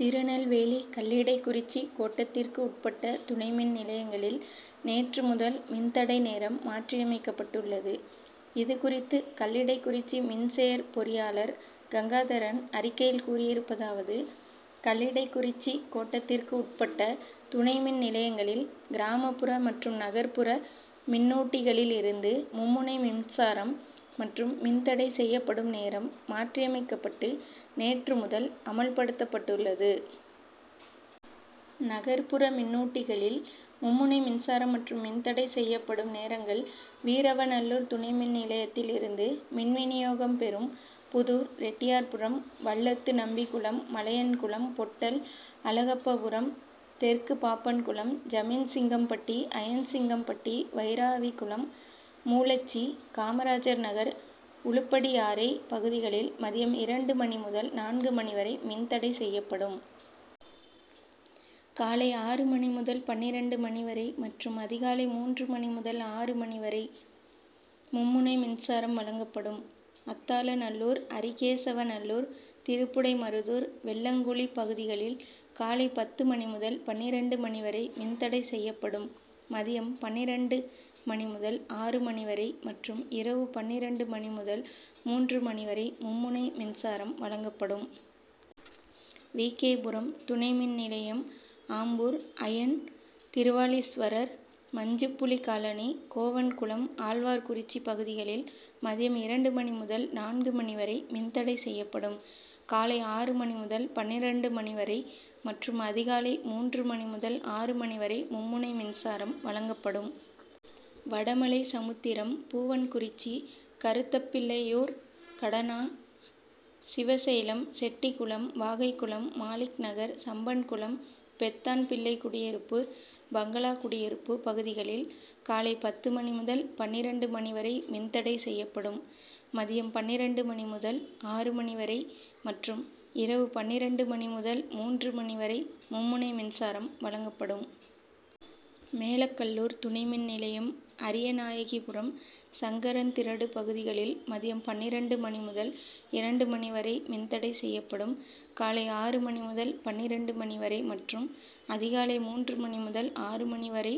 திருநெல்வேலி கல்லிடைக்குறிச்சி கோட்டத்திற்கு உட்பட்ட துணைமின் நிலையங்களில் நேற்று முதல் மின்தடை நேரம் மாற்றியமைக்கப்பட்டுள்ளது. இதுகுறித்து கல்லிடைக்குறிச்சி மின்செயற் பொறியாளர் கங்காதரன் அறிக்கையில் கூறியிருப்பதாவது கல்லிடைக்குறிச்சி கோட்டத்திற்கு உட்பட்ட துணைமின் நிலையங்களில் கிராமபுற மற்றும் நகர்புற மின்னூட்டிகளில் இருந்து மும்முனை மின்சாரம் மற்றும் மின்தடை செய்யப்படும் நேரம் மாற்றியமைக்கப்பட்டு நேற்று முதல் அமல்படுத்தப்பட்டுள்ளது. நகர்புற மின்னூட்டிகளில் மும்முனை மின்சாரம் மற்றும் மின்தடை செய்யப்படும் நேரங்கள் வீரவநல்லூர் துணைமின் நிலையத்தில் இருந்து மின்வினியோகம் பெறும் புதூர், ரெட்டியார்புரம், வல்லத்துநம்பிகுளம், மலையன்குளம், பொட்டல், அழகப்பபுரம், தெற்கு பாப்பான்குளம், ஜமீன்சிங்கம்பட்டி, அயன்சிங்கம்பட்டி, வைராவிகுளம், மூலச்சி, காமராஜர் நகர், உலுப்படியாறை பகுதிகளில் மதியம் இரண்டு மணி முதல் நான்கு மணி வரை மின்தடை செய்யப்படும். காலை ஆறு மணி முதல் பன்னிரண்டு மணி வரை மற்றும் அதிகாலை மூன்று மணி முதல் ஆறு மணி வரை மும்முனை மின்சாரம் வழங்கப்படும். அத்தாளநல்லூர், அரிகேசவநல்லூர், திருப்புடைமருதூர், வெள்ளங்குளி பகுதிகளில் காலை பத்து மணி முதல் பன்னிரண்டு மணி வரை மின்தடை செய்யப்படும். மதியம் பன்னிரண்டு மணி முதல் ஆறு மணி வரை மற்றும் இரவு பன்னிரண்டு மணி முதல் மூன்று மணி வரை மும்முனை மின்சாரம் வழங்கப்படும். வி. கே. புரம் துணை மின் நிலையம் ஆம்பூர், அயன் திருவாலீஸ்வரர், மஞ்சுப்புலி காலனி, கோவன்குளம், ஆழ்வார்குறிச்சி பகுதிகளில் மதியம் இரண்டு மணி முதல் நான்கு மணி வரை மின்தடை செய்யப்படும். காலை ஆறு மணி முதல் பன்னிரண்டு மணி வரை மற்றும் அதிகாலை மூன்று மணி முதல் ஆறு மணி வரை மும்முனை மின்சாரம் வழங்கப்படும். வடமலைசமுத்திரம், பூவன்குறிச்சி, கருத்தப்பிள்ளையூர், கடனா, சிவசைலம், செட்டிகுளம், வாகைகுளம், மாலிக்நகர், சம்பன்குளம், பெத்தான்பிள்ளைகுடியிருப்பு, பங்களா குடியிருப்பு பகுதிகளில் காலை பத்து மணி முதல் பன்னிரண்டு மணி வரை மின்தடை செய்யப்படும். மதியம் பன்னிரண்டு மணி முதல் ஆறு மணி வரை மற்றும் இரவு பன்னிரண்டு மணி முதல் மூன்று மணி வரை மும்முனை மின்சாரம் வழங்கப்படும். மேலக்கல்லூர் துணை மின் நிலையம் அரியநாயகிபுரம், சங்கரன்திரடு பகுதிகளில் மதியம் பன்னிரண்டு மணி முதல் இரண்டு மணி வரை மின்தடை செய்யப்படும். காலை ஆறு மணி முதல் பன்னிரண்டு மணி வரை மற்றும் அதிகாலை மூன்று மணி முதல் ஆறு மணி வரை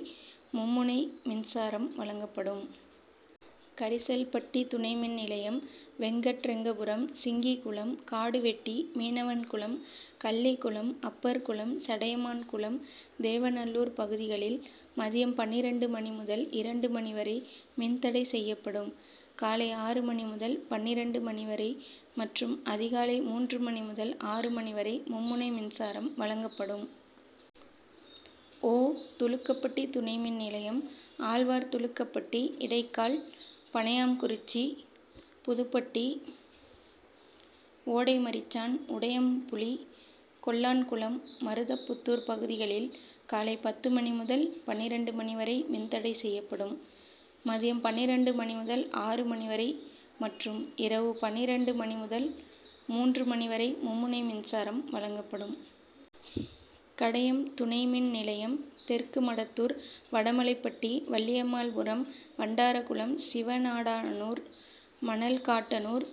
மும்முனை மின்சாரம் வழங்கப்படும். கரிசல்பட்டி துணைமின் நிலையம் வெங்கட்ரெங்கபுரம், சிங்கிகுளம், காடுவெட்டி, மீனவன்குளம், கள்ளிகுளம், அப்பர்குளம், சடையமான்குளம், தேவநல்லூர் பகுதிகளில் மதியம் பன்னிரண்டு மணி முதல் இரண்டு மணி வரை மின்தடை செய்யப்படும். காலை ஆறு மணி முதல் பன்னிரண்டு மணி வரை மற்றும் அதிகாலை மூன்று மணி முதல் ஆறு மணி வரை மும்முனை மின்சாரம் வழங்கப்படும். ஓ. துலுக்கப்பட்டி துணைமின் நிலையம் ஆழ்வார்துலுக்கப்பட்டி, இடைகால், பணையாம்குறிச்சி, புதுப்பட்டி, ஓடைமரிச்சான், உடையம்புளி, கொல்லான்குளம், மருதப்புத்தூர் பகுதிகளில் காலை பத்து மணி முதல் பன்னிரண்டு மணி வரை மின்தடை செய்யப்படும். மதியம் பன்னிரண்டு மணி முதல் ஆறு மணி வரை மற்றும் இரவு பன்னிரண்டு மணி முதல் மூன்று மணி வரை மும்முனை மின்சாரம் வழங்கப்படும். கடையம் துணைமின் நிலையம் தெற்கு மடத்தூர், வடமலைபட்டி, வள்ளியம்மாள்புரம், வண்டாரகுளம், சிவநாடானூர், மணல்காட்டனூர்,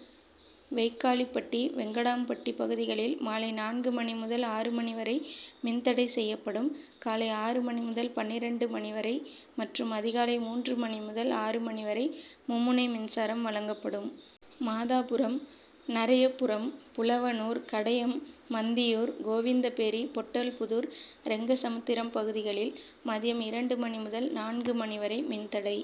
வெய்க்காலிபட்டி, வெங்கடாம்பட்டி பகுதிகளில் மாலை நான்கு மணி முதல் ஆறு மணி வரை மின்தடை செய்யப்படும். காலை ஆறு மணி முதல் பன்னிரண்டு மணி வரை மற்றும் அதிகாலை மூன்று மணி முதல் ஆறு மணி வரை மும்முனை மின்சாரம் வழங்கப்படும். மாதாபுரம், நரையப்புரம், புலவனூர், கடையம், மந்தியூர், கோவிந்தபேரி, பொட்டல்புதூர், ரெங்கசமுத்திரம் பகுதிகளில் மதியம் இரண்டு மணி முதல் நான்கு மணி வரை மின்தடை